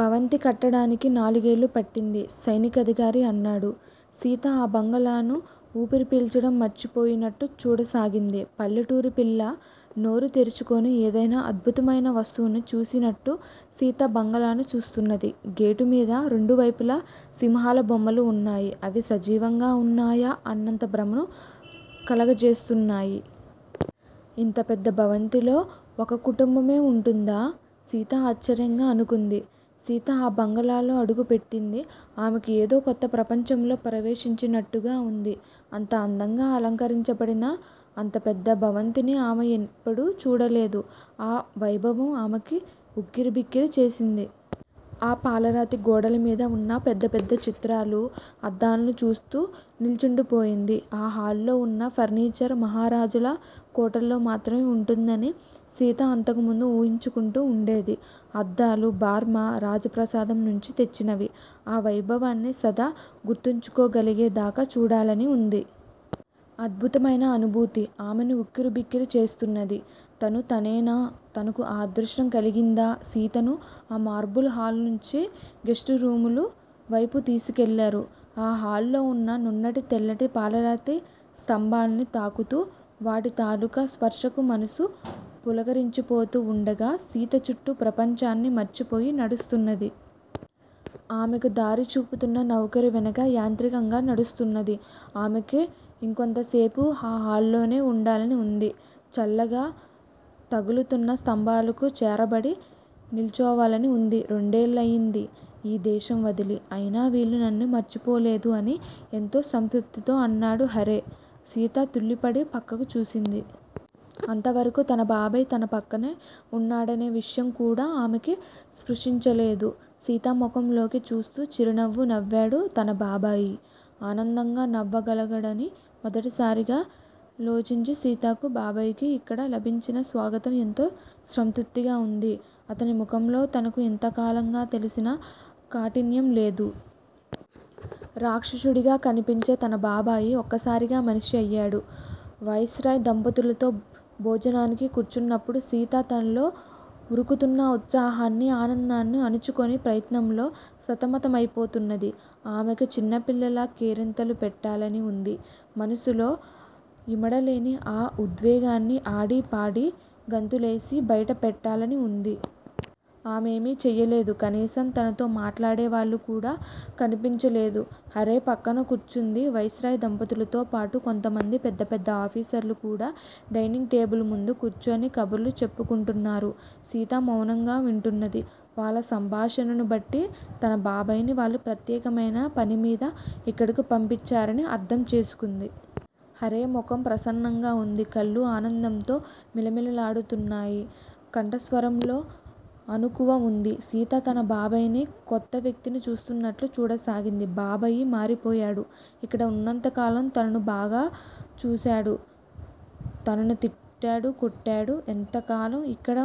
భవంతి కట్టడానికి నాలుగేళ్లు పట్టింది. సైనికాధికారి అన్నాడు. సీత ఆ బంగళాను ఊపిరి పీల్చడం మర్చిపోయినట్టు చూడసాగింది. పల్లెటూరి పిల్ల నోరు తెరుచుకుని ఏదైనా అద్భుతమైన వస్తువును చూసినట్టు సీత బంగళాను చూస్తున్నది. గేటు మీద రెండు వైపులా సింహాల బొమ్మలు ఉన్నాయి. అవి సజీవంగా ఉన్నాయా అన్నంత భ్రమను కలుగజేస్తున్నాయి. ఇంత పెద్ద భవంతిలో ఒక్క కుటుంబమే ఉంటుందా? సీత ఆశ్చర్యంగా అనుకుంది. సీత ఆ బంగళాలో అడుగుపెట్టింది. ఆమెకు ఏదో కొత్త ప్రపంచంలో ప్రవేశించినట్టుగా ఉంది. అంత అందంగా అలంకరించబడిన అంత పెద్ద భవంతిని ఆమె ఎప్పుడూ చూడలేదు. ఆ వైభవం ఆమెకి ఉక్కిరిబిక్కిరి చేసింది. ఆ పాలరాతి గోడల మీద ఉన్న పెద్ద పెద్ద చిత్రాలు, అద్దాలనూ చూస్తూ నిల్చుండిపోయింది. ఆ హాలులో ఉన్న ఫర్నిచర్ మహారాజుల కోటల్లో మాత్రమే ఉంటుందని సీత అంతకుముందు ఊహించుకుంటూ ఉండేది. అద్దాలు బార్మా రాజప్రాసాదం నుంచి తెచ్చినవి. ఆ వైభవాన్ని సదా గుర్తించుకోగలిగేదాకా చూడాలని ఉంది. అద్భుతమైన అనుభూతి ఆమెను ఉక్కిరిబిక్కిరి చేస్తున్నది. తను తనేనా? తనకు అదృష్టం కలిగిందా? సీతను ఆ మార్బుల్ హాలు నుంచి గెస్టు రూముల వైపు తీసుకెళ్లారు. ఆ హాలులో ఉన్న నున్నటి, తెల్లటి పాలరాతి స్తంభాలను తాకుతూ, వాటి తాలూకు స్పర్శకు మనసు పులకరించిపోతూ ఉండగా, సీత చుట్టూ ప్రపంచాన్ని మరచిపోయి నడుస్తున్నది. ఆమెకు దారి చూపుతున్న నౌకరు వెనక యాంత్రికంగా నడుస్తున్నది. ఆమెకి ఇంకొంతసేపు ఆ హాలులోనే ఉండాలని ఉంది. చల్లగా తగులుతున్న స్తంభాలకు చేరబడి నిల్చోవాలని ఉంది. రెండేళ్లయింది ఈ దేశం వదిలి. అయినా వీళ్లు నన్ను మర్చిపోలేదు అని ఎంతో సంతృప్తితో అన్నాడు హారే. సీత తుళ్లిపడి పక్కకు చూసింది. అంతవరకు తన బాబాయి తన పక్కనే ఉన్నాడనే విషయం కూడా ఆమెకు స్ప్రూసించ లేదు. సీత ముఖంలోకి చూస్తూ చిరునవ్వు నవ్వాడు. తన బాబాయి ఆనందంగా నవ్వగలగ డని మొదటిసారిగా తోచింది సీతకు. బాబాయికి ఇక్కడ లభించిన స్వాగతం ఎంతో సంతృప్తిగా ఉంది. అతని ముఖంలో తనకు ఇంతకాలంగా తెలిసిన కాఠిన్యం లేదు. రాక్షసుడిగా కనిపించే తన బాబాయి ఒక్కసారిగా మనిషి అయ్యాడు. వైస్‌రాయ్ దంపతులతో భోజనానికి కూర్చున్నప్పుడు సీత తనలో ఉరుకుతున్న ఉత్సాహాన్నీ, ఆనందాన్నీ అణుచుకునే ప్రయత్నంలో సతమతమైపోతున్నది. ఆమెకు చిన్నపిల్లలా కేరింతలు పెట్టాలని ఉంది. మనసులో ఇమడలేని ఆ ఉద్వేగాన్ని ఆడీ, పాడీ, గంతులేసి బయటపెట్టాలని ఉంది. అవేమీ చేయలేదు. కనీసం తనతో మాట్లాడేవాళ్లు కూడా కనిపించలేదు. హారే పక్కన కూర్చుంది. వైస్‌రాయ్ దంపతులతో పాటు కొంతమంది పెద్ద పెద్ద ఆఫీసర్లు కూడా డైనింగ్ టేబుల్ ముందు కూర్చుని కబుర్లు చెప్పుకుంటున్నారు. సీత మౌనంగా వింటున్నది. వాళ్ల సంభాషణను బట్టి తన బాబాయిని వాళ్లు ప్రత్యేకమైన పనిమీద ఇక్కడకు పంపించారని అర్థం చేసుకుంది. హారే ముఖం ప్రసన్నంగా ఉంది. కళ్లు ఆనందంతో మిలమిలలాడుతున్నాయి. కంఠస్వరంలో అణకువ ఉంది. సీత తన బాబాయిని కొత్త వ్యక్తిని చూస్తున్నట్లు చూడసాగింది. బాబాయి మారిపోయాడు. ఇక్కడ ఉన్నంతకాలం తనను బాగా చూశాడు. తనను తిట్టాడు. కొట్టాడు. ఎంతకాలం ఇక్కడ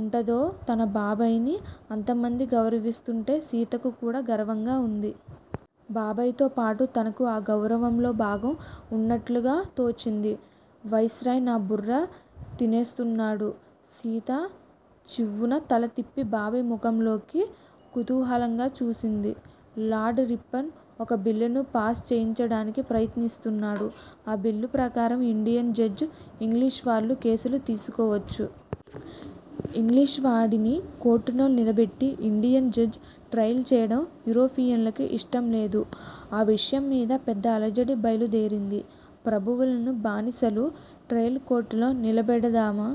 ఉంటాడో? తన బాబాయిని అంతమంది గౌరవిస్తుంటే సీతకు కూడా గర్వంగా ఉంది. బాబాయితో పాటు తనకూ ఆ గౌరవంలో భాగం ఉన్నట్లుగా తోచింది. వైస్‌రాయ్ నా బుర్ర తినేస్తున్నాడు. సీత చివ్వున తల తిప్పి బాబాయి ముఖంలోకి కుతూహలంగా చూసింది. లార్డ్ రిప్పన్ ఒక బిల్లును పాస్ చేయించడానికి ప్రయత్నిస్తున్నాడు. ఆ బిల్లు ప్రకారం ఇండియన్ జడ్జి ఇంగ్లీషువాళ్ల కేసులు తీసుకోవచ్చు. ఇంగ్లీషువాడిని కోర్టులో నిలబెట్టి ఇండియన్ జడ్జి ట్రయల్ చేయడం యూరోపియన్లకు ఇష్టంలేదు. ఆ విషయం మీద పెద్ద అలజడి బయలుదేరింది. ప్రభువులను బానిసలు ట్రయల్ కోర్టులో నిలబెడ దామా?